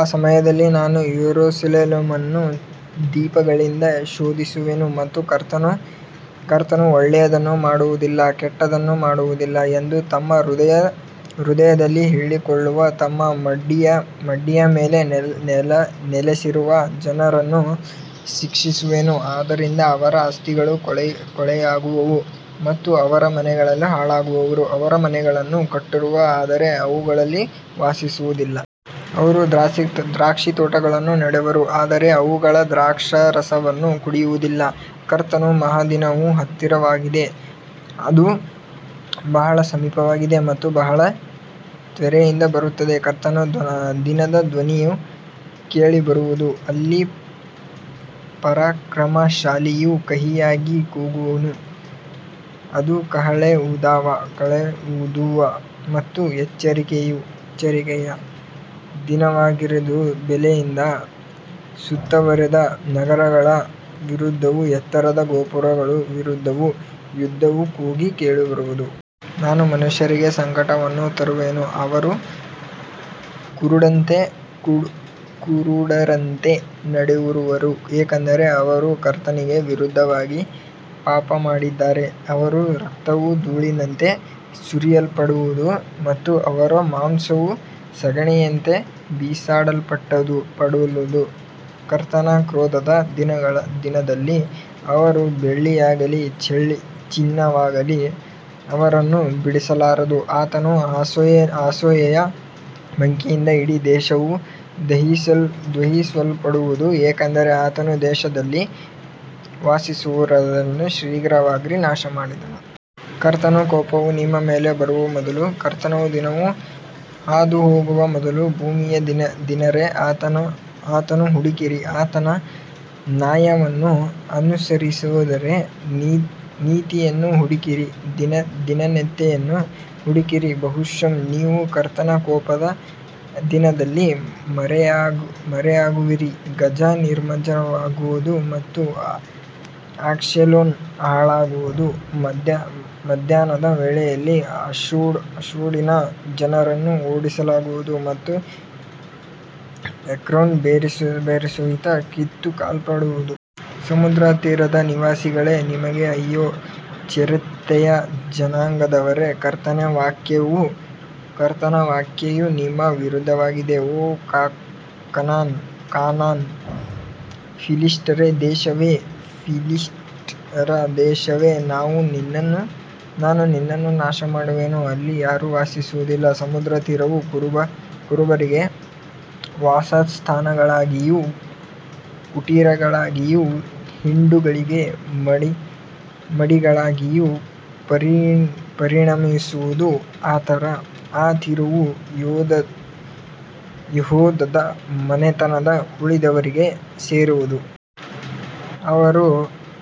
ಆ ಸಮಯದಲ್ಲಿ ನಾನು ಯೆರೂಸಲೇಮನ್ನು ದೀಪಗಳಿಂದ ಶೋಧಿಸುವೆನು ಮತ್ತು ಕರ್ತನು ಒಳ್ಳೆಯದನ್ನು ಮಾಡುವುದಿಲ್ಲ, ಕೆಟ್ಟದ್ದನ್ನೂ ಮಾಡುವುದಿಲ್ಲ ಎಂದು ತಮ್ಮ ಹೃದಯದಲ್ಲಿ ಹೇಳಿಕೊಳ್ಳುವ, ತಮ್ಮ ಮಡ್ಡಿಯ ಮೇಲೆ ನೆಲೆಸಿರುವ ಜನರನ್ನು ಶಿಕ್ಷಿಸುವೆನು. ಆದ್ದರಿಂದ ಅವರ ಆಸ್ತಿಗಳು ಕೊಳ್ಳೆಯಾಗುವವು ಮತ್ತು ಅವರ ಮನೆಗಳು ಹಾಳಾಗುವವು. ಅವರು ಮನೆಗಳನ್ನು ಕಟ್ಟುವರು, ಆದರೆ ಅವುಗಳಲ್ಲಿ ವಾಸಿಸುವುದಿಲ್ಲ. ಅವರು ದ್ರಾಕ್ಷಿತೋಟಗಳನ್ನು ನೆಡುವರು, ಆದರೆ ಅವುಗಳ ದ್ರಾಕ್ಷಾರಸವನ್ನು ಕುಡಿಯುವುದಿಲ್ಲ. ಕರ್ತನ ಮಹಾದಿನವು ಹತ್ತಿರವಾಗಿದೆ, ಅದು ಬಹಳ ಸಮೀಪವಾಗಿದೆ ಮತ್ತು ಬಹಳ ತ್ವರೆಯಿಂದ ಬರುತ್ತದೆ. ಕರ್ತನ ದಿನದ ಧ್ವನಿಯು ಕೇಳಿಬರುವುದು, ಅಲ್ಲಿ ಪರಾಕ್ರಮಶಾಲಿಯು ಕಹಿಯಾಗಿ ಕೂಗುವನು. ಅದು ಕಹಳೆ ಊದುವ ಮತ್ತು ಎಚ್ಚರಿಕೆಯ ದಿನವಾಗಿರುವುದು, ಬೇಲಿಯಿಂದ ಸುತ್ತುವರಿದ ನಗರಗಳ ವಿರುದ್ಧವೂ ಎತ್ತರದ ಗೋಪುರಗಳ ವಿರುದ್ಧವೂ ಯುದ್ಧದ ಕೂಗು ಕೇಳಿಬರುವುದು. ನಾನು ಮನುಷ್ಯರಿಗೆ ಸಂಕಟವನ್ನು ತರುವೆನು, ಅವರು ಕುರುಡರಂತೆ ನಡೆಯುವರು, ಏಕೆಂದರೆ ಅವರು ಕರ್ತನಿಗೆ ವಿರುದ್ಧವಾಗಿ ಪಾಪಮಾಡಿದ್ದಾರೆ. ಅವರ ರಕ್ತವು ಧೂಳಿನಂತೆ ಸುರಿಯಲ್ಪಡುವುದು ಮತ್ತು ಅವರ ಮಾಂಸವು ಸಗಣಿಯಂತೆ ಬಿಸಾಡಲ್ಪಡುವುದು. ಕರ್ತನ ಕ್ರೋಧದ ದಿನದಲ್ಲಿ ಅವರ ಬೆಳ್ಳಿಯಾಗಲಿ ಚಿನ್ನವಾಗಲಿ ಅವರನ್ನು ಬಿಡಿಸಲಾರದು. ಆತನ ಅಸೂಯೆಯ ಬೆಂಕಿಯಿಂದ ಇಡೀ ದೇಶವು ದಹಿಸಲ್ಪಡುವುದು, ಏಕೆಂದರೆ ಆತನು ದೇಶದಲ್ಲಿ ವಾಸಿಸುವವರೆಲ್ಲರನ್ನು ಶೀಘ್ರವಾಗಿ ನಾಶಮಾಡುವನು. ಕರ್ತನ ಕೋಪವು ನಿಮ್ಮ ಮೇಲೆ ಬರುವ ಮೊದಲು, ಕರ್ತನ ದಿನವು ಹಾದುಹೋಗುವ ಮೊದಲು, ಭೂಮಿಯ ದೀನರೇ, ಆತನನ್ನು ಹುಡುಕಿರಿ. ಆತನ ನ್ಯಾಯವನ್ನು ಅನುಸರಿಸಿದವರೇ, ನೀತಿಯನ್ನು ಹುಡುಕಿರಿ, ದೀನತೆಯನ್ನು ಹುಡುಕಿರಿ. ಬಹುಶಃ ನೀವು ಕರ್ತನ ಕೋಪದ ದಿನದಲ್ಲಿ ಮರೆಯಾಗುವಿರಿ. ಗಾಜಾ ನಿರ್ಜನವಾಗುವುದು ಮತ್ತು ಅಶ್ಕೆಲೋನ್ ಹಾಳಾಗುವುದು. ಮಧ್ಯಾಹ್ನದ ವೇಳೆಯಲ್ಲಿ ಅಷ್ಡೋಡಿನ ಜನರನ್ನು ಓಡಿಸಲಾಗುವುದು ಮತ್ತು ಎಕ್ರೋನ್ ಬೇರುಸಹಿತ ಕಿತ್ತುಹಾಕಲ್ಪಡುವುದು. ಸಮುದ್ರ ತೀರದ ನಿವಾಸಿಗಳೇ, ನಿಮಗೆ ಅಯ್ಯೋ. ಚೆರೆತ್ಯರ ಜನಾಂಗದವರೇ, ಕರ್ತನ ವಾಕ್ಯವು ನಿಮ್ಮ ವಿರುದ್ಧವಾಗಿದೆ. ಓ ಕಾನಾನ್, ಫಿಲಿಷ್ಟಿಯರ ದೇಶವೇ, ನಾನು ನಿನ್ನನ್ನು ನಾಶಮಾಡುವೆನು, ಅಲ್ಲಿ ಯಾರೂ ವಾಸಿಸುವುದಿಲ್ಲ. ಸಮುದ್ರ ತೀರವು ಕುರುಬರಿಗೆ ವಾಸಸ್ಥಾನಗಳಾಗಿಯೂ ಕುಟೀರಗಳಾಗಿಯೂ ಹಿಂಡುಗಳಿಗೆ ಮಡಿಗಳಾಗಿಯೂ ಪರಿಣಮಿಸುವುದು. ಆ ತೀರವು ಯೆಹೂದದ ಮನೆತನದ ಉಳಿದವರಿಗೆ ಸೇರಿರುವುದು. ಅವರು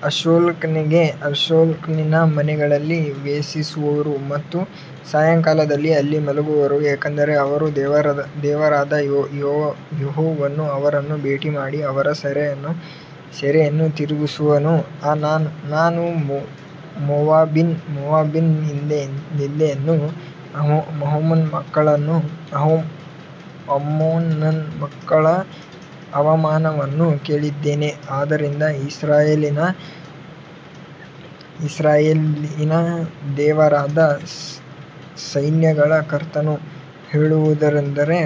ಅಶ್ಕೆಲೋನಿನ ಮನೆಗಳಲ್ಲಿ ಮೇಯಿಸುವರು ಮತ್ತು ಸಾಯಂಕಾಲದಲ್ಲಿ ಅಲ್ಲಿ ಮಲಗುವರು, ಏಕೆಂದರೆ ಅವರ ದೇವರಾದ ಯೆಹೋವನು ಅವರನ್ನು ಭೇಟಿಮಾಡಿ ಅವರ ಸೆರೆಯನ್ನು ತಿರುಗಿಸುವನು. ನಾನು ಮೋವಾಬಿನ ನಿಂದೆಯನ್ನೂ ಅಮ್ಮೋನನ ಮಕ್ಕಳ ಅವಮಾನವನ್ನೂ ಕೇಳಿದ್ದೇನೆ. ಆದ್ದರಿಂದ ಇಸ್ರಾಯೇಲಿನ ದೇವರಾದ ಸೈನ್ಯಗಳ ಕರ್ತನು ಹೇಳುವುದೇನೆಂದರೆ,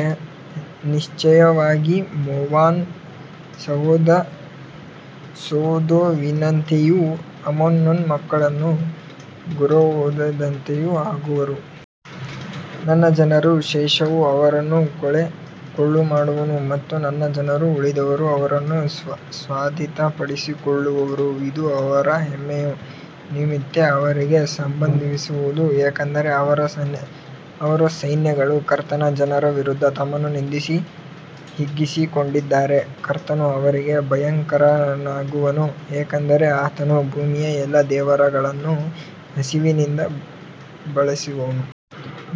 ನಿಶ್ಚಯವಾಗಿ ಮೋವಾಬ್ ಸೊದೋಮಿನಂತೆಯೂ ಅಮ್ಮೋನನ ಮಕ್ಕಳು ಗೊಮೋರದಂತೆಯೂ ಆಗುವರು. ನನ್ನ ಜನರ ಶೇಷವು ಅವರನ್ನು ಕೊಳ್ಳೆಮಾಡುವುದು ಮತ್ತು ನನ್ನ ಜನರ ಉಳಿದವರು ಅವರನ್ನು ಸ್ವಾಧೀನಪಡಿಸಿಕೊಳ್ಳುವರು. ಇದು ಅವರ ಹೆಮ್ಮೆಯ ನಿಮಿತ್ತ ಅವರಿಗೆ ಸಂಭವಿಸುವುದು, ಏಕೆಂದರೆ ಅವರು ಸೈನ್ಯಗಳ ಕರ್ತನ ಜನರ ವಿರುದ್ಧ ತಮ್ಮನ್ನು ನಿಂದಿಸಿ ಹಿಗ್ಗಿಸಿಕೊಂಡಿದ್ದಾರೆ. ಕರ್ತನು ಅವರಿಗೆ ಭಯಂಕರನಾಗಿರುವನು, ಏಕೆಂದರೆ ಆತನು ಭೂಮಿಯ ಎಲ್ಲಾ ದೇವರುಗಳನ್ನು ಹಸಿವಿನಿಂದ ಬಳಲಿಸುವನು.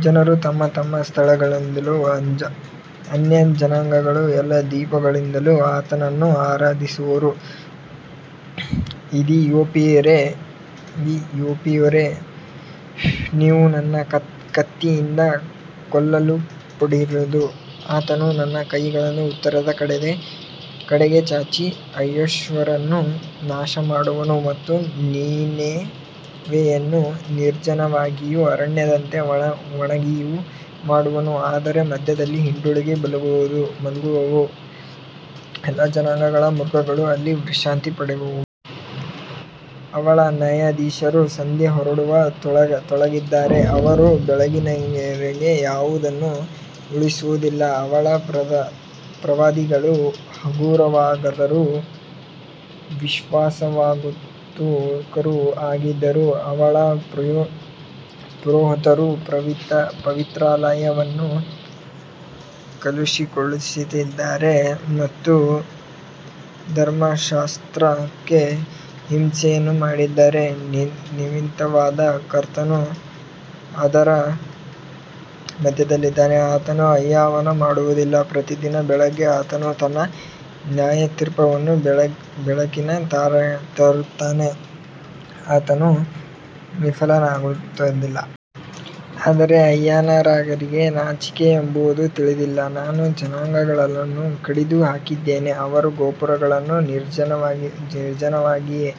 ಜನರು ತಮ್ಮ ತಮ್ಮ ಸ್ಥಳಗಳಿಂದಲೂ ಅನ್ಯಜನಾಂಗಗಳ ಎಲ್ಲಾ ದ್ವೀಪಗಳಿಂದಲೂ ಆತನನ್ನು ಆರಾಧಿಸುವರು. ಇಥಿಯೋಪಿಯರೇ, ನೀವು ನನ್ನ ಕತ್ತಿಯಿಂದ ಕೊಲ್ಲಲ್ಪಡುವಿರಿ. ಆತನು ತನ್ನ ಕೈಯನ್ನು ಉತ್ತರದ ಕಡೆಗೆ ಚಾಚಿ ಅಶ್ಶೂರವನ್ನು ನಾಶಮಾಡುವನು ಮತ್ತು ನಿನೆವೆಯನ್ನು ನಿರ್ಜನವಾಗಿಯೂ ಅರಣ್ಯದಂತೆ ಒಣಗಿಯೂ ಮಾಡುವನು. ಅದರ ಮಧ್ಯದಲ್ಲಿ ಹಿಂಡುಗಳು ಮಲಗುವವು, ಎಲ್ಲಾ ಜನಾಂಗಗಳ ಮೃಗಗಳು ಅಲ್ಲಿ ವಿಶ್ರಾಂತಿ ಪಡೆಯುವವು. ಅವಳ ನ್ಯಾಯಾಧೀಶರು ಸಂಜೆ ಹೊರಡುವ ತೋಳಗಳಂತಿದ್ದಾರೆ, ಅವರು ಬೆಳಗ್ಗಿನವರೆಗೆ ಯಾವುದನ್ನೂ ಉಳಿಸುವುದಿಲ್ಲ. ಅವಳ ಪ್ರವಾದಿಗಳು ಹಗುರವಾದವರೂ ವಿಶ್ವಾಸಘಾತುಕರೂ ಆಗಿದ್ದಾರೆ. ಅವಳ ಪುರೋಹಿತರು ಪವಿತ್ರಾಲಯವನ್ನು ಕಲುಷಿತಗೊಳಿಸಿದ್ದಾರೆ ಮತ್ತು ಧರ್ಮಶಾಸ್ತ್ರಕ್ಕೆ ಹಿಂಸೆಯನ್ನು ಮಾಡಿದ್ದಾರೆ. ನೀತಿವಂತನಾದ ಕರ್ತನು ಅದರ ಮಧ್ಯದಲ್ಲಿದ್ದಾನೆ, ಆತನು ಅನ್ಯಾಯವನ್ನು ಮಾಡುವುದಿಲ್ಲ. ಪ್ರತಿದಿನ ಬೆಳಿಗ್ಗೆ ಆತನು ತನ್ನ ನ್ಯಾಯತೀರ್ಪನ್ನು ಬೆಳಕಿಗೆ ತರುತ್ತಾನೆ, ಆತನು ವಿಫಲನಾಗುವುದಿಲ್ಲ. ಆದರೆ ಅನ್ಯಾಯಗಾರನಿಗೆ ನಾಚಿಕೆಯೆಂಬುದು ತಿಳಿದಿಲ್ಲ. ನಾನು ಜನಾಂಗಗಳನ್ನು ಕಡಿದುಹಾಕಿದ್ದೇನೆ, ಅವರ ಗೋಪುರಗಳು ನಿರ್ಜನವಾಗಿವೆ.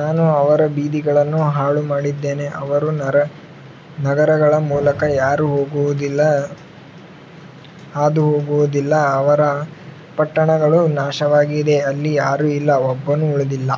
ನಾನು ಅವರ ಬೀದಿಗಳನ್ನು ಹಾಳುಮಾಡಿದ್ದೇನೆ, ಅವರ ನಗರಗಳ ಮೂಲಕ ಯಾರೂ ಹಾದುಹೋಗುವುದಿಲ್ಲ. ಅವರ ಪಟ್ಟಣಗಳು ನಾಶವಾಗಿವೆ, ಅಲ್ಲಿ ಯಾರೂ ಇಲ್ಲ, ಒಬ್ಬನೂ ಉಳಿದಿಲ್ಲ.